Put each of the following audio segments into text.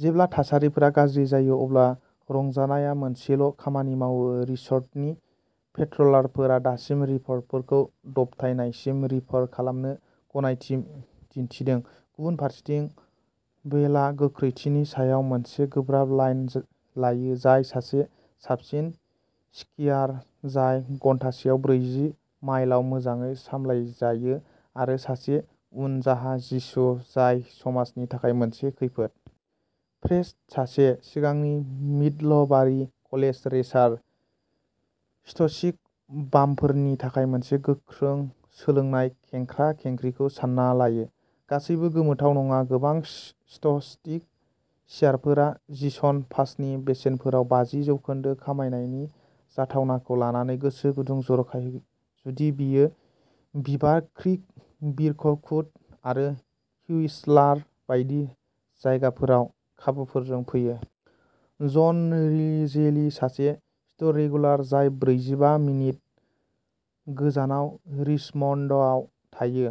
जेब्ला थासारिफोरा गाज्रि जायो, अब्ला रंजानाय मोनसेल' खामानि आरो रिसर्टनि पेट्रलारफोरा दासिम रिपारफोरखौ दबथायनायसिम रिपार खालामनो गनायथि दिन्थिदों। गुबुन फारसेथिं, वेलआ गोख्रैथिनि सायाव मोनसे गोब्राब लाइन लायो, जाय सासे साबसिन स्कियार जाय घन्टासेआव ब्रैजि माइलआव मोजाङै सामलायजायो आरो सासे उनजाहा जिसु जाय समाजनि थाखाय मोनसे खैफोद। प्रेस्टन, सासे सिगांनि मिडलबारि कलेज रेसार, स्ट'स्कि बामफोरनि थाखाय मोनसे गोख्रों सोलोंनाय खेंख्रा-खेंख्रिखौ सान्ना लायो। गासैबो गोमोथाव नङा। गोबां स्ट'स्कि स्कियारफोरा सिजन पासनि बेसेनफोराव बाजि जौखोन्दो खमायनायनि जाथावनाखौ लानानै गोसो गुदुं, जर'खायै जुदि बेयो बिभार क्रिक, किर्कवुड आरो व्हिस्लार बायदि जायगाफोराव खाबुफोरजों फैयो। जन रिजेलि, सासे स्ट'रेगुलार जाय ब्रैजिबा मिनिट गोजानाव रिचमन्डआव थायो,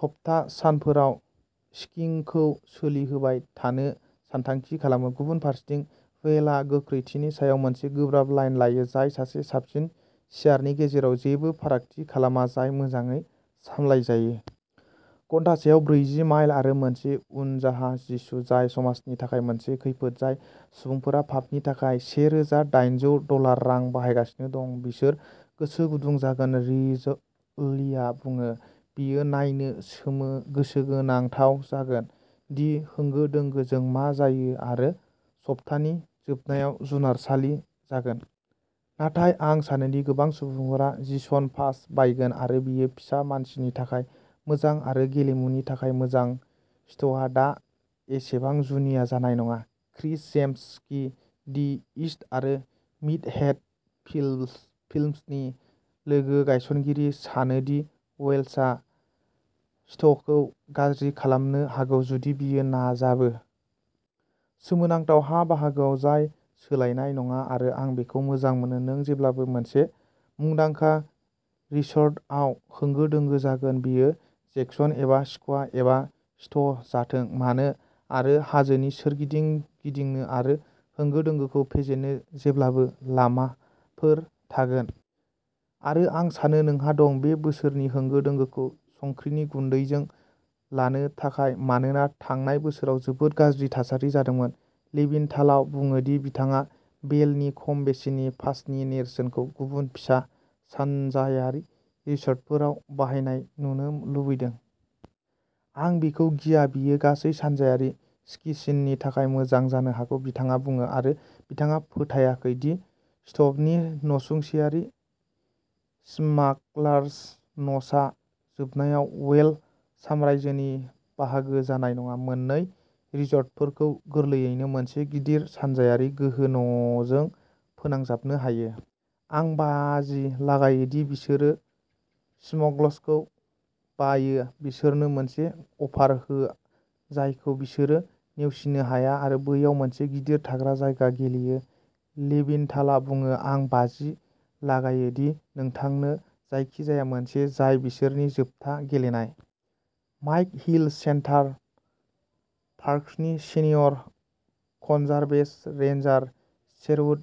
सप्ता सानफोराव स्कीइंगखौ सोलिहोबाय थानो सानथांखि खालामो। गुबुन फारसेथिं, वेलआ गोख्रैथिनि सायाव मोनसे गोब्राब लाइन लायो, जाय सासे साबसिन स्कियारनि गेजेराव जेबो फारागथि खालामा जाय मोजाङै सामलायजायो। घन्टासेआव ब्रैजि माइल आरो मोनसे उनजाहा जिसु जाय समाजनि थाखाय मोनसे खैफोद। जाय सुबुंफोरा पासनि थाखाय से रोजा दायेनजौ डलार रां बाहायगासिनो दं, बिसोर गोसो गुदुं जागोन रिजलिआ बुङो। बेयो नायनो सोमो गोसोनांथाव जागोन दि होंगो-दोंगोजों मा जायो, आरो सप्तानि जोबनायाव जुनारसालि जागोन। नाथाय आं सानोदि गोबां सुबुंफोरा सिजन पास बायगोन, आरो बेयो फिसा मानसिनि थाखाय मोजां आरो गेलेमुनि थाखाय मोजां। स्ट'वा दा एसेबां जुनिया जानाय नङा। Chris James, ski the East आरो मिटहेड फिल्म्सनि लोगो-गायसनगिरि, सानो दि वेलआ स्ट'वखौ गाज्रि खालामनो हागौ, जुदि बियो नाजाबो। "सोमोनांथाव हा-बाहागोआ-जाय सोलायनाय नङा, आरो आं बेखौ मोजां मोनो। नों जेब्लाबो मोनसे मुंदांखा रिसर्टआव होंगो-दोंगो जागोन, बेयो जेक्सन एबा स्कुवा एबा स्ट'व जाथों मानो। आरो हाजोनि सोरगिदिं गिदिंनो आरो होंगो-दोंगोखौ फेजेननो जेब्लाबो लामाफोर थागोन। आरो आं सानो नोंहा दं। बे बोसोरनि होंगो-दोंगोखौ संख्रिनि गुन्दैजों लानो थाखाय, मानोना थांनाय बोसोराव जोबोद गाज्रि थासारि जादोंमोन। लेभिनथालआ बुङो दि बिथाङा भेलनि खम बेसेननि पासनि नेरसोनखौ गुबुन, फिसा सानजायारि रिसर्टफोराव बाहायनाय नुनो लुबैदों। आं बेखौ गिया बेयो गासै सानजायारि स्की सिननि थाखाय मोजां जानो हागौ बिथाङा बुङो। आरो बिथाङा फोथायाखै दि स्ट'वनि नसुंसेयारि, स्मागलार्स'नचआ, जोबनायाव वेल साम्रायजोनि बाहागो जानाय नङा। मोन्नै रिसर्टफोरखौ गोरलैयैनो मोनसे गिदिर सानजायारि गोहो न'जों फोनांजाबनो हायो। आं बाजि लागायो दि बिसोरो स्मग्सखौ बायो बिसोरनो मोनसे अफार हो जायखौ बिसोरो नेवसिनो हाया आरो बैयाव मोनसे गिदिर थाग्रा जायगा गेलेयो लेभिनथालआ बुङो। आं बाजि लागायो दि नोंथांनो जायखिजाया मोनसे जाय बिसोरनि जोबथा गेलेनाय। माइक हिल, सेन्टार पार्क्सनि सेनियर कनजारभेशन रेंजार शेरवुड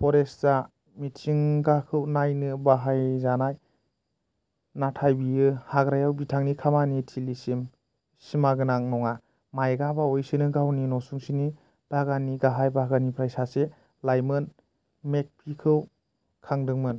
फरेस्टआ मिथिंगाखौ नायनो बाहायजानाय, नाथाय बेयो हाग्रायाव बिथांनि खामानि थिलिसिम सिमागोनां नङा। माइकआ बावैसो गावनि नसुंसेनि बागाननि गाहाय बाहागोनिफ्राय सासे लाइमोन मेगपीखौ खांदोंमोन।